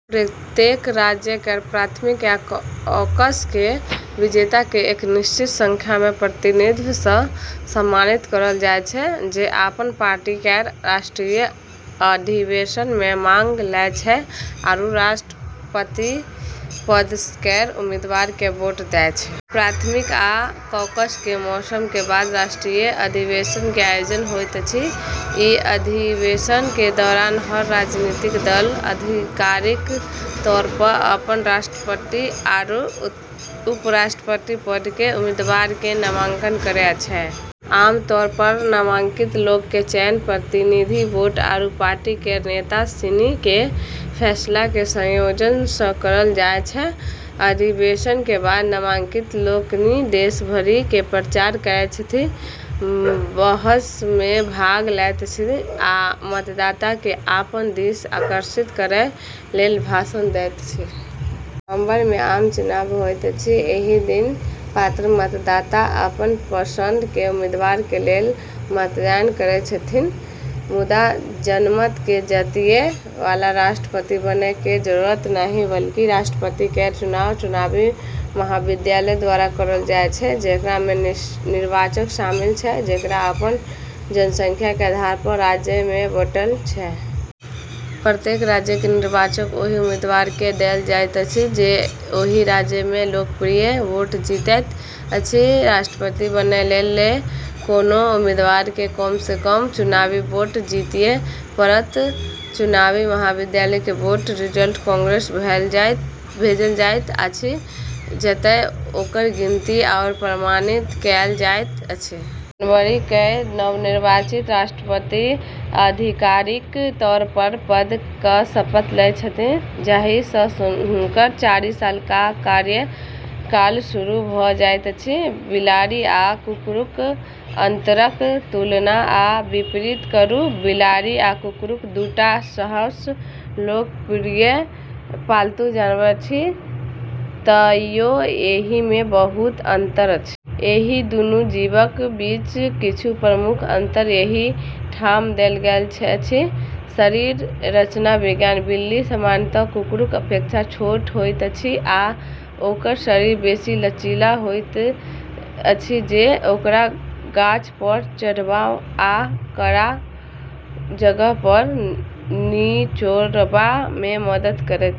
प्रत्येक राज्य केरऽ प्राथमिक या कॉकस के विजेता क॑ एक निश्चित संख्या म॑ प्रतिनिधि स॑ सम्मानित करलऽ जाय छै, जे अपनऽ पार्टी केरऽ राष्ट्रीय अधिवेशन म॑ भाग लै छै आरू राष्ट्रपति पद केरऽ उम्मीदवार क॑ वोट दै छै। प्राथमिक आ कॉकस के मौसम के बाद राष्ट्रीय अधिवेशन के आयोजन होइत अछि. ई अधिवेशनऽ के दौरान हर राजनीतिक दल आधिकारिक तौर प॑ अपनऽ राष्ट्रपति आरू उपराष्ट्रपति पद के उम्मीदवारऽ के नामांकन करै छै। आम तौर पर नामांकित लोगऽ के चयन प्रतिनिधि वोट आरू पार्टी केरऽ नेता सिनी के फैसला के संयोजन स॑ करलऽ जाय छै। अधिवेशन के बाद नामांकित लोकनि देश भरि मे प्रचार करैत छथि, बहस मे भाग लैत छथि आ मतदाता के अपना दिस आकर्षित करय लेल भाषण दैत छथि. नवम्बर मे आम चुनाव होइत अछि। एहि दिन पात्र मतदाता अपन पसंद के उम्मीदवार के लेल मतदान करैत छथिन्ह. मुदा, जनमत के जीतय वाला राष्ट्रपति बनय के जरुरत नहिं. बल्कि राष्ट्रपति केरऽ चुनाव चुनावी महाविद्यालय द्वारा करलऽ जाय छै, जेकरा म॑ निर्वाचक शामिल छै जेकरा अपनऽ जनसंख्या के आधार प॑ राज्यऽ म॑ बंटलऽ छै। प्रत्येक राज्य के निर्वाचक ओहि उम्मीदवार के देल जाइत अछि जे ओहि राज्य मे लोकप्रिय वोट जीतैत अछि. राष्ट्रपति बनय लेल कोनो उम्मीदवार के कम सं कम चुनावी वोट जीतय पड़त. चुनावी महाविद्यालय के वोट के बाद रिजल्ट कांग्रेस भेजल जाइत अछि, जतय ओकर गिनती आओर प्रमाणित कएल जाइत अछि. जनवरी कए नवनिर्वाचित राष्ट्रपति आधिकारिक तौर पर पद क शपथ लैत छथि, जाहि स हुनकर चारि साल क कार्यकाल शुरू भ जाइत अछि। बिलाड़ि आ कुकुरक अंतरक तुलना आ विपरीत करू। बिलाड़ि आ कुकुर दू टा सबसँ लोकप्रिय पालतू जानवर अछि, तइयो एहि मे बहुत अंतर अछि। एहि दूनू जीवक बीच किछु प्रमुख अंतर एहि ठाम देल गेल अछि: शरीर रचना विज्ञान: बिल्ली सामान्यतः कुकुरक अपेक्षा छोट होइत अछि आ ओकर शरीर बेसी लचीला होइत अछि जे ओकरा गाछ पर चढ़बा आ कड़ा जगह पर निचोड़बा मे मदद करैत अछि।